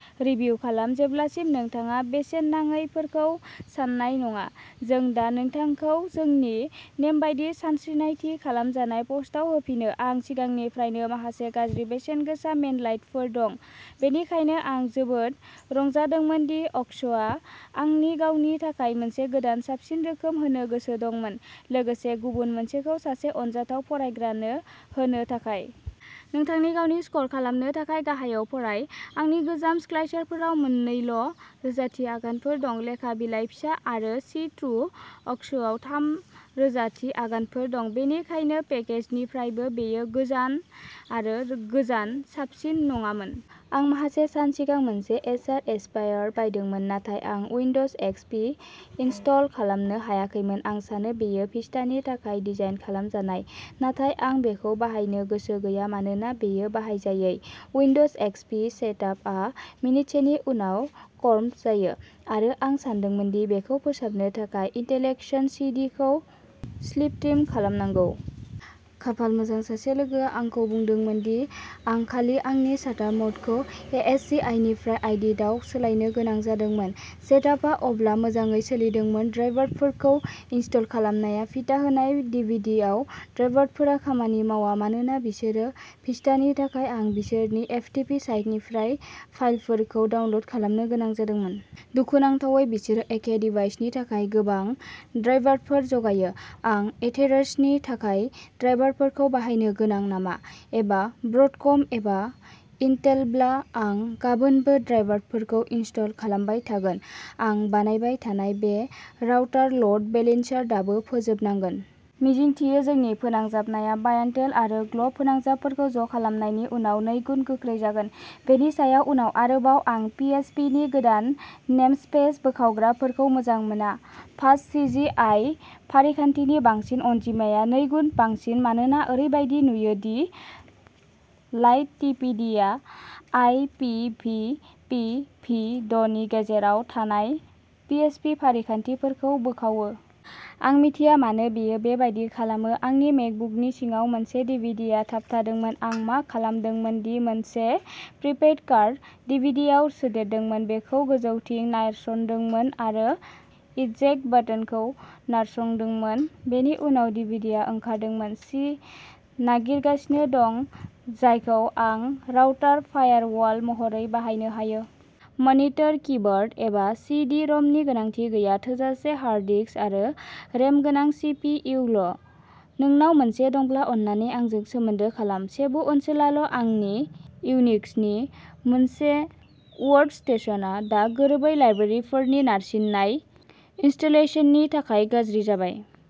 Review खालाम जेब्लासिम नोंथाङा बेसेन नाङैफोरखौ सान्नाय नङा। जों दा नोंथांखौ जोंनि नेमबादि सानस्रिनाय थि खालामजानाय पस्टआव होफिनो। आं सिगांनिफ्रायनो माखासे गाज्रि बेसेनगोसा मेनडलाइनफोर दं, बेनिखायनो आं जोबोद रंजादोंमोन दि अक्स'आ आंनि गावनि थाखाय मोनसे गोदान साबसिन रोखोम होनो गोसो दंमोन, लोगोसे गुबुन मोनसेखौ सासे अनजाथाव फरायग्रानो होनो थाखाय! नोंथांनि गावनि स्कर खालामनो थाखाय गाहायाव फराय। आंनि गोजाम स्काइसारफोराव मोननैल' रोजाथि आगानफोर दं, लेखा बिलाइ फिसा आरो सि थ्रु। अक्स'आव थाम रोजाथि आगानफोर दं। बेनिखायनो पेकेजनिफ्रायबो बेयो गोजान आरो गोजान साबसिन नङामोन। आं माखासे सान सिगां मोनसे एसार एस्पायर बायदोंमोन, नाथाय आं उइन्ड'ज एक्स पि इनस्टल खालामनो हायाखैमोन। आं सानो बेयो भिस्टानि थाखाय डिजाइन खालामजानाय, नाथाय आं बेखौ बाहायनो गोसो गैया मानोना बेयो बाहायजायै। उइन्ड'ज एक्स पि सेटआपआ मिनिटसेनि उनाव क'रम्प जायो, आरो आं सानदोंमोन दि बेखौ फोसाबनो थाखाय इनस्टलेशन सि डि खौ स्लिपस्ट्रिम खालामनांगौ। खाफाल मोजां, सासे लोगोआ आंखौ बुंदोंमोन दि आं खालि आंनि साटा म'डखौ एएचसिआइनिफ्राय आइडिइआव सोलायनो गोनां जादोंमोन। सेटआपआ अब्ला मोजाङै सोलिदोंमोन। ड्राइभारफोरखौ इनस्टल खालामनाया पिटा होनाय डिभिडिआव ड्राइभारफोरा खामानि मावा मानोना बिसोरो भिस्टानि थाखाय आं बिसोरनि एफटिपि साइटनिफ्राय फाइलफोरखौ डाउनल'ड खालामनो गोनां जादोंमोन। दुखुनांथावै, बिसोरो एखे डिभाइसनि थाखाय गोबां ड्राइभारफोर जगायो। आं एथेर'सनि थाखाय ड्राइभारखौ बाहायनो गोनां नामा? एबा ब्रडकम एबा इन्टेलब्ला आं गाबोनबो ड्राइभारफोरखौ इनस्टल खालामबाय थागोन। आं बानायबाय थानाय बे राउटार ल'ड बेलेन्सार दाबो फोजोबनांगोन। मिजिंथियो, जोंनि फोनांजाबनाया बायान्टेल आरो ग्ल'ब फोनांजाबफोरखौ ज' खालामनायनि उनाव नैगुन गोख्रै जागोन। बेनि सायाव उनाव आरोबाव आं पिएइचपिनि गोदान नेमस्पेस बोखावग्राखौ मोजां मोना। फास्टसिजिआइ फारिखान्थिनि बांसिन अनजिमा नैगुन बांसिन मानोना ओरैबायदि नुयो दि लाइटटिपिडिआ I P V P V द'नि गेजेराव थानाय पिएइचपि फारिखान्थिफोरखौ बोखावो। आं मिथिया मानो बेयो बेबादि खालामो। आंनि मेकबुकनि सिङाव मोनसे डिभिडिया थाबथादोंमोन। आं मा खालामदोंमोन दि मोनसे प्रिपेइड कार्ड डिभिडियाव सोदेरदोंमोन, बेखौ गोजौथिं नारसंदोंमोन आरो इजेक्ट बाटोनखौ नारसंदोंमोन। बेनि उनाव डिभिडिया ओंखारदोंमोन। सि नागिरगासिनो दं जायखौ आं राउटार फायारवाल महरै बाहायनो हायो। मनिटर, कीबोर्ड, एबा सि डि रमनि गोनांथि गैया। थोजासे हार्ड डिस्क आरो रेम गोनां सि पि इउ ल'। नोंनाव मोनसे दंब्ला अन्नानै आंजों सोमोन्दो खालाम। सेबु ओनसोलाल' आंनि इउनिक्सनि मोनसे वर्कस्टेशनआ दा गोरोबै लाइब्रेरिफोरनि नारसिननाय इनस्टलेशननि थाखाय गाज्रि जाबाय।